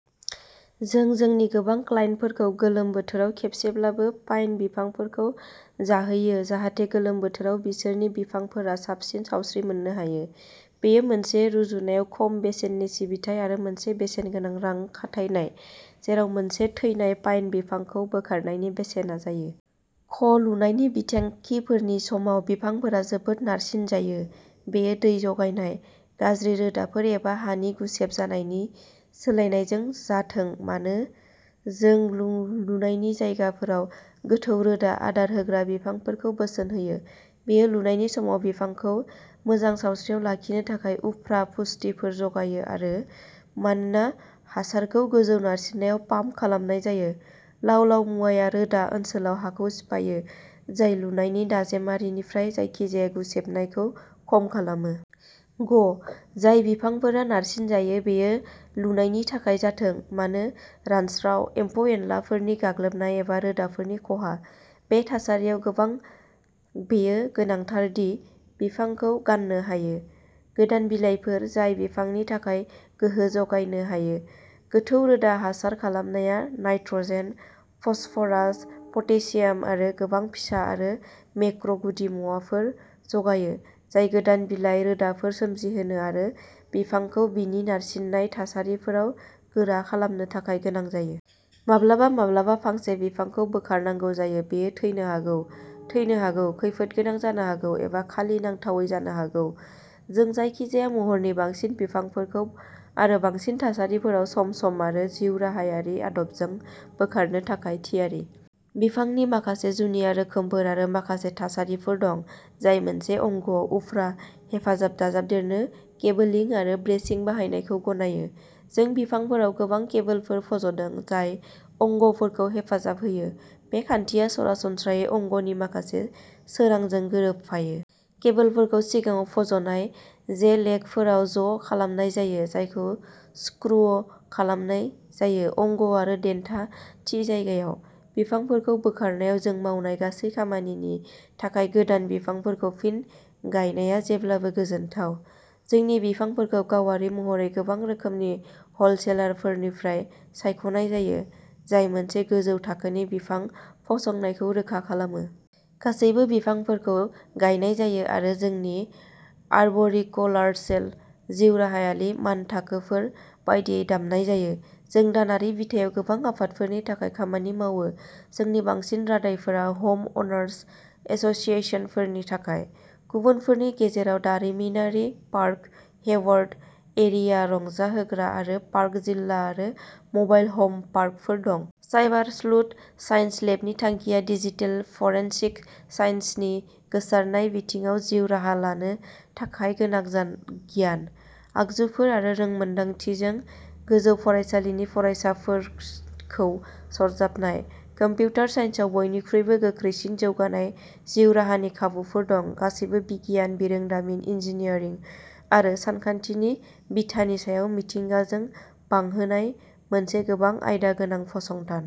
जों जोंनि गोबां क्लाइन्टफोरखौ गोलोम बोथोराव खेबसेब्लाबो पाइन बिफांफोरखौ जाहैयो जाहाथे गोलोम बोथोराव बिसोरनि बिफांफोरा साबसिन सावस्रि मोननो हायो। बेयो मोनसे रुजुनायाव खम बेसेननि सिबिथाइ आरो मोनसे बेसेनगोनां रां खाथायनाय, जेराव मोनसे थैनाय पाइन बिफांखौ बोखारनायनि बेसेना जायो। ख लुनायनि बिथांखिफोरनि समाव, बिफांफोरा जोबोद नारसिनजायो, बेयो दै जगायनाय, गाज्रि रोदाफोर एबा हानि गुसेब जानायनि सोलायनायजों जाथों मानो। जों लुनायनि जायगाफोराव गोथौ रोदा आदार होग्रा बिफांफोरखौ बोसोन होयो, बेयो लुनायनि समाव बिफांखौ मोजां सावस्रियाव लाखिनो थाखाय उफ्रा पुष्टिफोर जगायो आरो, मानोना हासारखौ गोजौ नारसिननायाव पाम्प खालामनाय जायो, लाव-लाव मुवाया रोदा ओनसोलाव हाखौ सिफायो जाय लुनायनि दाजेमारिनिफ्राय जायखिजाया गुसेबनायखौ खम खालामो। ग जाय बिफांफोरा नारसिनजायो, बेयो लुनायनि थाखाय जाथों मानो, रानस्राव, एम्फौ-एनलाफोरनि गाग्लोबनाय एबा रोदाफोरनि खहा। बे थासारियाव बेयो गोनांथार दि बिफांखौ गाननो हायो। गोदान बिलाइफोर जाय बिफांनि थाखाय गोहो जगायनो हायो। गोथौ रोदा हासार खालामनाया नाइट्रजेन, फस्फरास, पटेसियाम आरो गोबां फिसा आरो मेक्रो गुदिमुवाफोर जगायो, जाय गोदान बिलाइ, रोदाफोर सोमजिहोनो आरो बिफांखौ बिनि नारसिननाय थासारिफोराव गोरा खालामनो थाखाय गोनां जायो। माब्लाबा माब्लाबा फांसे बिफांखौ बोखारनांगौ जायो। बेयो थैनो हागौ, थैनो हागौ, खैफोदगोनां जानो हागौ एबा खालि नांथावै जानो हागौ। जों जायखिजाया महरनि बांसिन बिफांफोरखौ आरो बांसिन थासारिफोराव सम-सम आरो जिउराहायारि आदबजों बोखारनो थाखाय थियारि। बिफांनि माखासे जुनिया रोखोमफोर आरो माखासे थासारिफोर दं, जाय मोनसे अंगआव उफ्रा हेफाजाब दाजाबदेरनो केबोलिं आरो ब्रेसिं बाहायनायखौ गनायो। जों बिफांफोराव गोबां केबोलफोर फज'दों, जाय अंगफोरखौ हेफाजाब होयो, बे खान्थिया सरासनस्रायै अंगनि माखासे सोरांजों गोरोबफायो। केबोलफोरखौ सिगाङाव फज'नाय जे लेगफोराव ज'खालामनाय जायो, जायखौ स्क्रुव खालामनाय जायो। अंग आरो देन्था थि जायगायाव। बिफांफोरखौ बोखारनायाव जों मावनाय गासै खामानिनि थाखाय गोदान बिफांफोरखौ फिन गायनाया जेब्लाबो गोजोनथाव। जोंनि बिफांफोरखौ गावारि महरै गोबां रोखोमनि हलसेलारफोरनिफ्राय सायख'नाय जायो, जाय मोनसे गोजौ थाखोनि बिफां फसंनायखौ रोखा खालामो। गासैबो बिफांफोरखौ गायनाय जायो आरो जोंनि आर्ब'रिक'लार्चेल जिउराहायारि मानथाखोफोर बायदियै दामनाय जायो। जों दानारि बिथायाव गोबां आफादफोरनि थाखाय खामानि मावो। जोंनि बांसिन रादायफोरा हम अनार्स एस'सिएशनफोरनि थाखाय। गुबुनफोरनि गेजेराव दारिमिनारि पार्क, हेवार्ड एरिया रंजाहोग्रा आरो पार्क जिल्ला आरो मबाइल हम पार्कफोर दं। साइबर स्लुथ साइन्स लेबनि थांखिया डिजिटेल फरेनसिक साइन्सनि गोसारनाय बिथिङाव जिउ राहा लानो थाखाय गोनां गियान, आगजुफोर आरो रोंमोनदांथिजों गोजौ फरायसालिनि फरायसाफोरखौ सरजाबनाय। कम्पिउटार साइन्सआव बयनिख्रुइबो गोख्रैसिन जौगानाय जिउ राहानि खाबुफोर दं। गासैबो बिगियान, बिरोंदामिन, इन्जिनियारिं आरो सानखान्थिनि बिथानि सायाव मिथिंगाजों बांहोनाय मोनसे गोबां आयदा गोनां फसंथान।